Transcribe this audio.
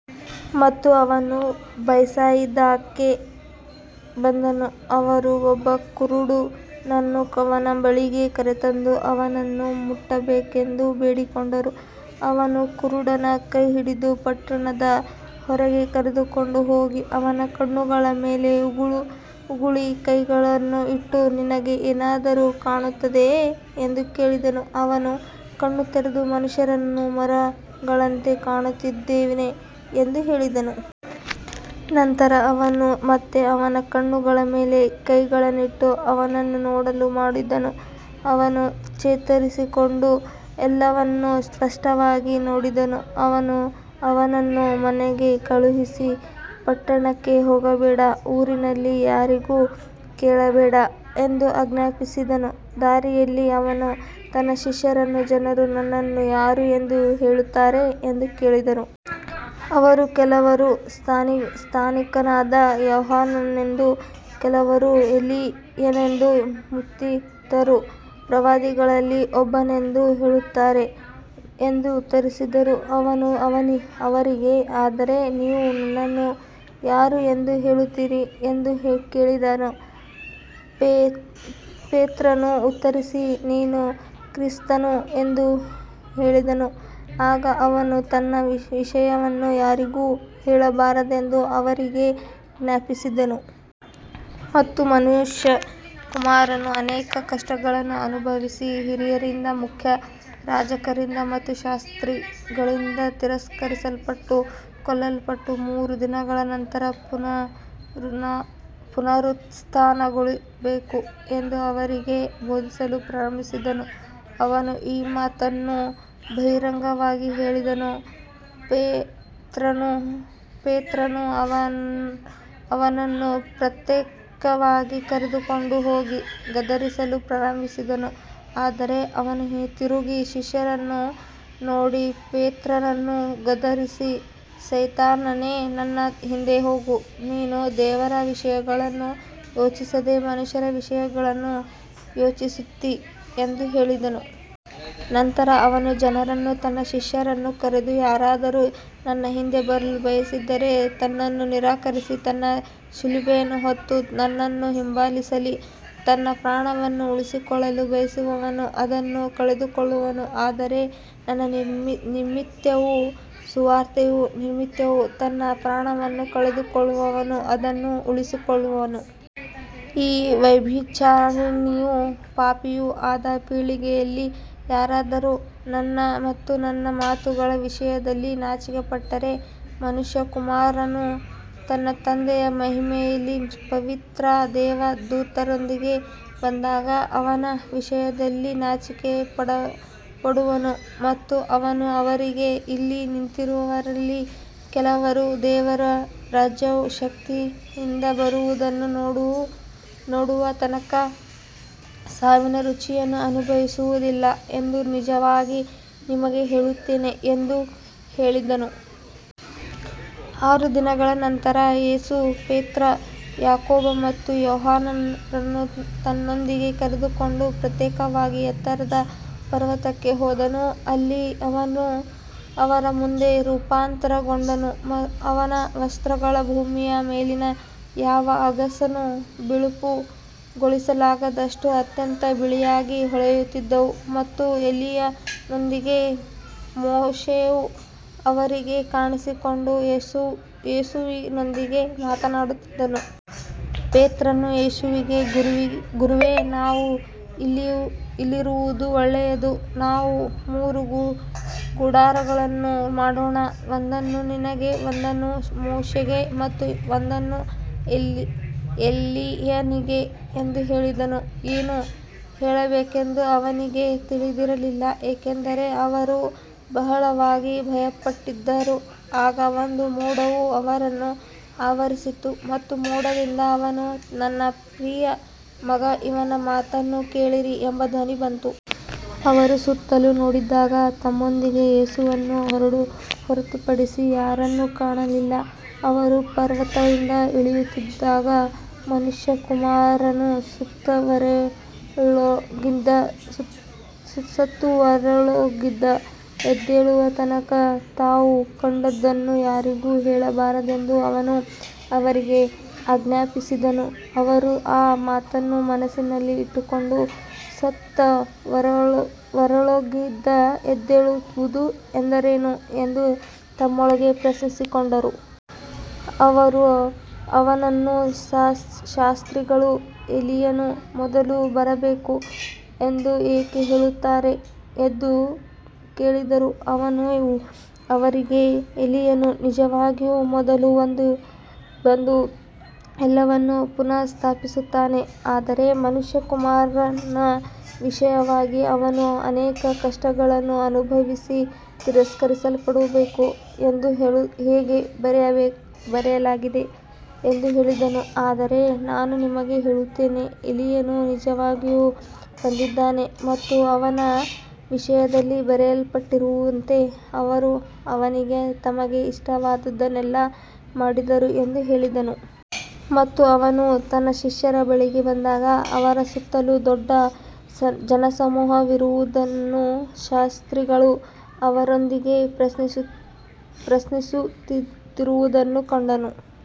ಮತ್ತು ಅವನು ಬೆತ್ಸಾಯಿದಾಕ್ಕೆ ಬಂದನು. ಅವರು ಒಬ್ಬ ಕುರುಡನನ್ನು ಅವನ ಬಳಿಗೆ ಕರೆತಂದು ಅವನನ್ನು ಮುಟ್ಟಬೇಕೆಂದು ಬೇಡಿಕೊಂಡರು. ಅವನು ಕುರುಡನ ಕೈಹಿಡಿದು ಪಟ್ಟಣದ ಹೊರಗೆ ಕರೆದುಕೊಂಡು ಹೋಗಿ ಅವನ ಕಣ್ಣುಗಳ ಮೇಲೆ ಉಗುಳಿ ಕೈಗಳನ್ನು ಇಟ್ಟು, ನಿನಗೆ ಏನಾದರೂ ಕಾಣುತ್ತದೆಯೇ ಎಂದು ಕೇಳಿದನು. ಅವನು ಕಣ್ಣು ತೆರೆದು, ಮನುಷ್ಯರನ್ನು ಮರಗಳಂತೆ ಕಾಣುತ್ತಿದ್ದೇನೆ ಎಂದು ಹೇಳಿದನು. ನಂತರ ಅವನು ಮತ್ತೆ ಅವನ ಕಣ್ಣುಗಳ ಮೇಲೆ ಕೈಗಳನ್ನಿಟ್ಟು ಅವನನ್ನು ನೋಡಲು ಮಾಡಿದನು. ಅವನು ಚೇತರಿಸಿಕೊಂಡು ಎಲ್ಲವನ್ನೂ ಸ್ಪಷ್ಟವಾಗಿ ನೋಡಿದನು. ಅವನು ಅವನನ್ನು ಮನೆಗೆ ಕಳುಹಿಸಿ, ಪಟ್ಟಣಕ್ಕೆ ಹೋಗಬೇಡ, ಊರಿನಲ್ಲಿ ಯಾರಿಗೂ ಹೇಳಬೇಡ ಎಂದು ಆಜ್ಞಾಪಿಸಿದನು. ದಾರಿಯಲ್ಲಿ ಅವನು ತನ್ನ ಶಿಷ್ಯರನ್ನು, ಜನರು ನನ್ನನ್ನು ಯಾರು ಎಂದು ಹೇಳುತ್ತಾರೆ ಎಂದು ಕೇಳಿದನು. ಅವರು, ಕೆಲವರು ಸ್ನಾನಿಕನಾದ ಯೋಹಾನನೆಂದೂ, ಕೆಲವರು ಎಲೀಯನೆಂದೂ, ಮತ್ತಿತರರು ಪ್ರವಾದಿಗಳಲ್ಲಿ ಒಬ್ಬನೆಂದೂ ಹೇಳುತ್ತಾರೆ ಎಂದು ಉತ್ತರಿಸಿದರು. ಅವನು ಅವರಿಗೆ, ಆದರೆ ನೀವು ನನ್ನನ್ನು ಯಾರು ಎಂದು ಹೇಳುತ್ತೀರಿ ಎಂದು ಕೇಳಿದನು. ಪೇತ್ರನು ಉತ್ತರಿಸಿ, ನೀನು ಕ್ರಿಸ್ತನು ಎಂದು ಹೇಳಿದನು. ಆಗ ಅವನು ತನ್ನ ವಿಷಯವನ್ನು ಯಾರಿಗೂ ಹೇಳಬಾರದೆಂದು ಅವರಿಗೆ ಆಜ್ಞಾಪಿಸಿದನು. ಮತ್ತು ಮನುಷ್ಯಕುಮಾರನು ಅನೇಕ ಕಷ್ಟಗಳನ್ನು ಅನುಭವಿಸಿ, ಹಿರಿಯರಿಂದ, ಮುಖ್ಯಯಾಜಕರಿಂದ ಮತ್ತು ಶಾಸ್ತ್ರಿಗಳಿಂದ ತಿರಸ್ಕರಿಸಲ್ಪಟ್ಟು ಕೊಲ್ಲಲ್ಪಟ್ಟು ಮೂರು ದಿನಗಳ ನಂತರ ಪುನರುತ್ಥಾನಗೊಳ್ಳಬೇಕು ಎಂದು ಅವರಿಗೆ ಬೋಧಿಸಲು ಪ್ರಾರಂಭಿಸಿದನು. ಅವನು ಈ ಮಾತನ್ನು ಬಹಿರಂಗವಾಗಿ ಹೇಳಿದನು. ಪೇತ್ರನು ಅವನನ್ನು ಪ್ರತ್ಯೇಕವಾಗಿ ಕರೆದುಕೊಂಡು ಹೋಗಿ ಗದರಿಸಲು ಪ್ರಾರಂಭಿಸಿದನು. ಆದರೆ ಅವನು ತಿರುಗಿ ಶಿಷ್ಯರನ್ನು ನೋಡಿ ಪೇತ್ರನನ್ನು ಗದರಿಸಿ, ಸೈತಾನನೇ, ನನ್ನ ಹಿಂದೆ ಹೋಗು, ನೀನು ದೇವರ ವಿಷಯಗಳನ್ನು ಯೋಚಿಸದೆ ಮನುಷ್ಯರ ವಿಷಯಗಳನ್ನು ಯೋಚಿಸುತ್ತೀ ಎಂದು ಹೇಳಿದನು. ನಂತರ ಅವನು ಜನರನ್ನೂ ತನ್ನ ಶಿಷ್ಯರನ್ನೂ ಕರೆದು, ಯಾರಾದರೂ ನನ್ನ ಹಿಂದೆ ಬರಲು ಬಯಸಿದರೆ ತನ್ನನ್ನು ನಿರಾಕರಿಸಿ ತನ್ನ ಶಿಲುಬೆಯನ್ನು ಹೊತ್ತು ನನ್ನನ್ನು ಹಿಂಬಾಲಿಸಲಿ. ತನ್ನ ಪ್ರಾಣವನ್ನು ಉಳಿಸಿಕೊಳ್ಳಲು ಬಯಸುವವನು ಅದನ್ನು ಕಳೆದುಕೊಳ್ಳುವನು, ಆದರೆ ನನ್ನ ನಿಮಿತ್ತವೂ ಸುವಾರ್ತೆಯ ನಿಮಿತ್ತವೂ ತನ್ನ ಪ್ರಾಣವನ್ನು ಕಳೆದುಕೊಳ್ಳುವವನು ಅದನ್ನು ಉಳಿಸಿಕೊಳ್ಳುವನು. ಈ ವ್ಯಭಿಚಾರಿಣಿಯೂ ಪಾಪಿಯೂ ಆದ ಪೀಳಿಗೆಯಲ್ಲಿ ಯಾರಾದರೂ ನನ್ನ ಮತ್ತು ನನ್ನ ಮಾತುಗಳ ವಿಷಯದಲ್ಲಿ ನಾಚಿಕೆಪಟ್ಟರೆ, ಮನುಷ್ಯಕುಮಾರನು ತನ್ನ ತಂದೆಯ ಮಹಿಮೆಯಲ್ಲಿ ಪವಿತ್ರ ದೇವದೂತರೊಂದಿಗೆ ಬಂದಾಗ ಅವನ ವಿಷಯದಲ್ಲಿ ನಾಚಿಕೆಪಡುವನು. ಮತ್ತು ಅವನು ಅವರಿಗೆ, ಇಲ್ಲಿ ನಿಂತಿರುವವರಲ್ಲಿ ಕೆಲವರು ದೇವರ ರಾಜ್ಯವು ಶಕ್ತಿಯಿಂದ ಬರುವುದನ್ನು ನೋಡುವ ತನಕ ಸಾವಿನ ರುಚಿಯನ್ನು ಅನುಭವಿಸುವುದಿಲ್ಲ ಎಂದು ನಿಜವಾಗಿ ನಿಮಗೆ ಹೇಳುತ್ತೇನೆ ಎಂದು ಹೇಳಿದನು. ಆರು ದಿನಗಳ ನಂತರ ಯೇಸು ಪೇತ್ರ, ಯಾಕೋಬ ಮತ್ತು ಯೋಹಾನರನ್ನು ತನ್ನೊಂದಿಗೆ ಕರೆದುಕೊಂಡು ಪ್ರತ್ಯೇಕವಾಗಿ ಎತ್ತರದ ಪರ್ವತಕ್ಕೆ ಹೋದನು. ಅಲ್ಲಿ ಅವನು ಅವರ ಮುಂದೆ ರೂಪಾಂತರಗೊಂಡನು. ಅವನ ವಸ್ತ್ರಗಳು ಭೂಮಿಯ ಮೇಲಿನ ಯಾವ ಅಗಸನೂ ಬಿಳುಪುಗೊಳಿಸಲಾಗದಷ್ಟು ಅತ್ಯಂತ ಬಿಳಿಯಾಗಿ ಹೊಳೆಯುತ್ತಿದ್ದವು. ಮತ್ತು ಎಲೀಯನೊಂದಿಗೆ ಮೋಶೆಯು ಅವರಿಗೆ ಕಾಣಿಸಿಕೊಂಡು ಯೇಸುವಿನೊಂದಿಗೆ ಮಾತನಾಡುತ್ತಿದ್ದನು. ಪೇತ್ರನು ಯೇಸುವಿಗೆ, ಗುರುವೇ, ನಾವು ಇಲ್ಲಿರುವುದು ಒಳ್ಳೆಯದು. ನಾವು ಮೂರು ಗುಡಾರಗಳನ್ನು ಮಾಡೋಣ, ಒಂದನ್ನು ನಿನಗೆ, ಒಂದನ್ನು ಮೋಶೆಗೆ ಮತ್ತು ಒಂದನ್ನು ಎಲೀಯನಿಗೆ ಎಂದು ಹೇಳಿದನು. ಏನು ಹೇಳಬೇಕೆಂದು ಅವನಿಗೆ ತಿಳಿದಿರಲಿಲ್ಲ, ಏಕೆಂದರೆ ಅವರು ಬಹಳವಾಗಿ ಭಯಪಟ್ಟಿದ್ದರು. ಆಗ ಒಂದು ಮೋಡವು ಅವರನ್ನು ಆವರಿಸಿತು ಮತ್ತು ಮೋಡದಿಂದ, ಇವನು ನನ್ನ ಪ್ರಿಯ ಮಗ, ಇವನ ಮಾತನ್ನು ಕೇಳಿರಿ ಎಂಬ ಧ್ವನಿ ಬಂತು. ಅವರು ಸುತ್ತಲೂ ನೋಡಿದಾಗ ತಮ್ಮೊಂದಿಗೆ ಯೇಸುವನ್ನು ಹೊರತುಪಡಿಸಿ ಯಾರನ್ನೂ ಕಾಣಲಿಲ್ಲ. ಅವರು ಪರ್ವತದಿಂದ ಇಳಿಯುತ್ತಿದ್ದಾಗ, ಮನುಷ್ಯಕುಮಾರನು ಸತ್ತವರೊಳಗಿಂದ ಎದ್ದೇಳುವ ತನಕ ತಾವು ಕಂಡದ್ದನ್ನು ಯಾರಿಗೂ ಹೇಳಬಾರದೆಂದು ಅವನು ಅವರಿಗೆ ಆಜ್ಞಾಪಿಸಿದನು. ಅವರು ಆ ಮಾತನ್ನು ಮನಸ್ಸಿನಲ್ಲಿ ಇಟ್ಟುಕೊಂಡು, ಸತ್ತವರೊಳಗಿಂದ ಎದ್ದೇಳುವುದು ಎಂದರೇನು ಎಂದು ತಮ್ಮೊಳಗೆ ಪ್ರಶ್ನಿಸಿಕೊಂಡರು. ಅವರು ಅವನನ್ನು, ಶಾಸ್ತ್ರಿಗಳು ಎಲೀಯನು ಮೊದಲು ಬರಬೇಕು ಎಂದು ಏಕೆ ಹೇಳುತ್ತಾರೆ ಎಂದು ಕೇಳಿದರು. ಅವನು ಅವರಿಗೆ, ಎಲೀಯನು ನಿಜವಾಗಿಯೂ ಮೊದಲು ಬಂದು ಎಲ್ಲವನ್ನೂ ಪುನಃಸ್ಥಾಪಿಸುತ್ತಾನೆ. ಆದರೆ ಮನುಷ್ಯಕುಮಾರನ ವಿಷಯವಾಗಿ ಅವನು ಅನೇಕ ಕಷ್ಟಗಳನ್ನು ಅನುಭವಿಸಿ ತಿರಸ್ಕರಿಸಲ್ಪಡಬೇಕು ಎಂದು ಹೇಗೆ ಬರೆಯಲಾಗಿದೆ ಎಂದು ಹೇಳಿದನು. ಆದರೆ ನಾನು ನಿಮಗೆ ಹೇಳುತ್ತೇನೆ, ಎಲೀಯನು ನಿಜವಾಗಿಯೂ ಬಂದಿದ್ದಾನೆ ಮತ್ತು ಅವನ ವಿಷಯದಲ್ಲಿ ಬರೆಯಲ್ಪಟ್ಟಿರುವಂತೆ ಅವರು ಅವನಿಗೆ ತಮಗೆ ಇಷ್ಟವಾದದ್ದನ್ನೆಲ್ಲ ಮಾಡಿದರು ಎಂದು ಹೇಳಿದನು. ಮತ್ತು ಅವನು ತನ್ನ ಶಿಷ್ಯರ ಬಳಿಗೆ ಬಂದಾಗ ಅವರ ಸುತ್ತಲೂ ದೊಡ್ಡ ಜನಸಮೂಹವಿರುವುದನ್ನೂ ಶಾಸ್ತ್ರಿಗಳು ಅವರೊಂದಿಗೆ ಪ್ರಶ್ನಿಸುತ್ತಿರುವುದನ್ನೂ ಕಂಡನು.